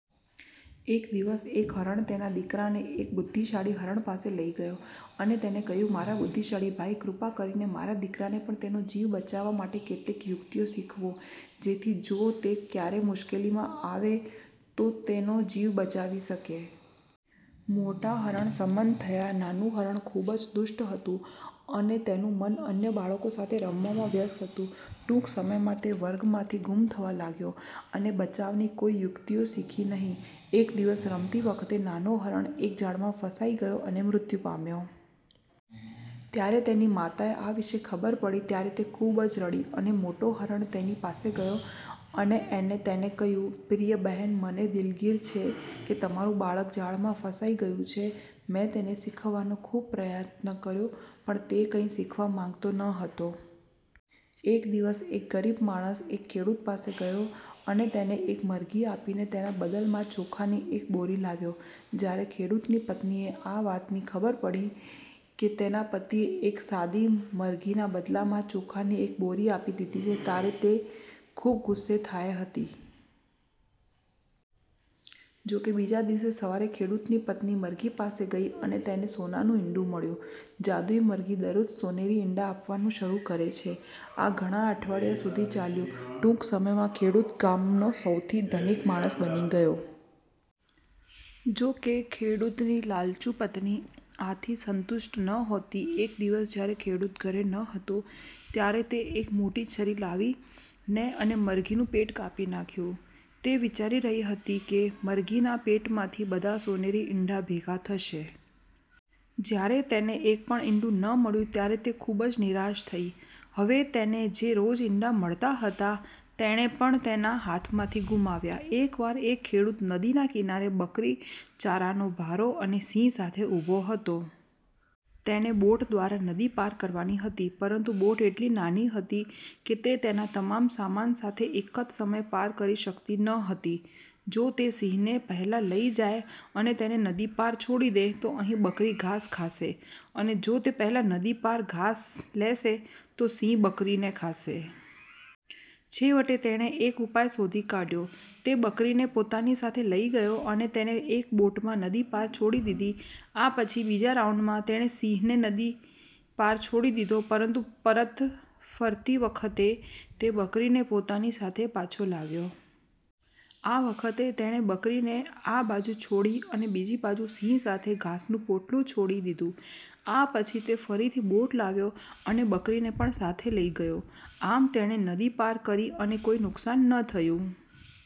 એક દિવસ એક હરણ તેના દીકરાને એક બુદ્ધિશાળી હરણ પાસે લઈ ગયો, અને તેને કહ્યું, મારા બુદ્ધિશાળી ભાઈ, કૃપા કરીને મારા દીકરાને પણ તેનો જીવ બચાવવા માટે કેટલીક યુક્તિઓ શીખવો, જેથી જો તે ક્યારેય મુશ્કેલીમાં આવે તો તે તેનો જીવ બચાવી શકે. મોટા હરણ સંમત થયા. નાનું હરણ ખૂબ જ દુષ્ટ હતું અને તેનું મન અન્ય બાળકો સાથે રમવામાં વ્યસ્ત હતું. ટૂંક સમયમાં, તે વર્ગમાંથી ગુમ થવા લાગ્યો અને બચાવની કોઈ યુક્તિઓ શીખી નહીં. એક દિવસ, રમતી વખતે, નાનો હરણ એક જાળમાં ફસાઈ ગયો, અને મુર્ત્યુ પામ્યો. જ્યારે તેની માતાને આ વિશે ખબર પડી, ત્યારે તે ખૂબ જ રડી અને, મોટો હરણ તેની પાસે ગયો અને તેને કહ્યું, પ્રિય બહેન, મને દિલગીર છે કે તમારું બાળક જાળમાં ફસાઈ ગયું. મેં તેને શીખવવાનો ખૂબ પ્રયત્ન કર્યો, પણ તે કંઈ શીખવા માંગતો ન હતો. એક દિવસ એક ગરીબ માણસ એક ખેડૂત પાસે ગયો અને તેને એક મરઘી આપીને તેના બદલા માં ચોખાની એક બોરી લાવ્યો. જ્યારે ખેડૂતની પત્નીને આ વાત ની ખબર પડી કે, તેના પતિએ એક સાદી મરઘીના બદલામાં ચોખાની એક બોરી આપી દીધી છે, ત્યારે તે ખૂબ ગુસ્સે થાય હતી. જોકે, બીજા દિવસે સવારે ખેડૂતની પત્ની મરઘી પાસે ગઈ અને તેને સોનાનું ઈંડું મળ્યું. જાદુઈ મરઘી દરરોજ સોનેરી ઇંડા આપવાનું શરૂ કરે છે. આ ઘણા અઠવાડિયા સુધી ચાલ્યું. ટૂંક સમયમાં ખેડૂત ગામનો સૌથી ધનિક માણસ બની ગયો. જોકે, ખેડૂતની લાલચુ પત્ની આથી સંતુષ્ટ નહોતી. એક દિવસ જ્યારે ખેડૂત ઘરે ન હતો, ત્યારે તે એક મોટી છરી લાવી ને અને મરઘીનું પેટ કાપી નાખ્યું. તે વિચારી રહી હતી કે મરઘીના પેટમાંથી બધા સોનેરી ઇંડા ભેગા થશે. જ્યારે તેને એક પણ ઇંડુ ન મળ્યું ત્યારે તે ખૂબ જ નિરાશ થઈ. હવે તેને જે રોજ ઈંડા મળતા હતા, તેણે પણ તેના હાથમાંથી ગુમાવ્યા. એકવાર એક ખેડૂત નદીના કિનારે બકરી, ચારાનો ભારો અને સિંહ સાથે ઉભો હતો. તેને બોટ દ્વારા નદી પાર કરવાની હતી પરંતુ બોટ એટલી નાની હતી કે તે તેના તમામ સામાન સાથે એક જ સમયે પાર કરી શકતી ન હતી. જો તે સિંહને પહેલા લઈ જાય અને તેને નદી પાર છોડી દે, તો અહીં બકરી ઘાસ ખાશે અને જો તે પહેલા નદી પાર ઘાસ લેશે તો સિંહ બકરીને ખાશે. છેવટે તેણે એક ઉપાય શોધી કા્યો. તે બકરીને પોતાની સાથે લઈ ગયો અને તેને એક બોટમાં નદી પાર છોડી દીધી. આ પછી, બીજા રાઉન્ડમાં, તેણે સિંહને નદી પાર છોડી દીધો પરંતુ પરત ફરતી વખતે તે બકરીને પોતાની સાથે પાછો લાવ્યો. આ વખતે તેણે બકરીને આ બાજુ છોડી અને બીજી બાજુ સિંહ સાથે ઘાસનું પોટલું છોડી દીધું. આ પછી તે ફરીથી બોટ લાવ્યો અને બકરીને પણ સાથે લઈ ગયો. આમ, તેણે નદી પાર કરી અને કોઈ નુકશાન ન થયું.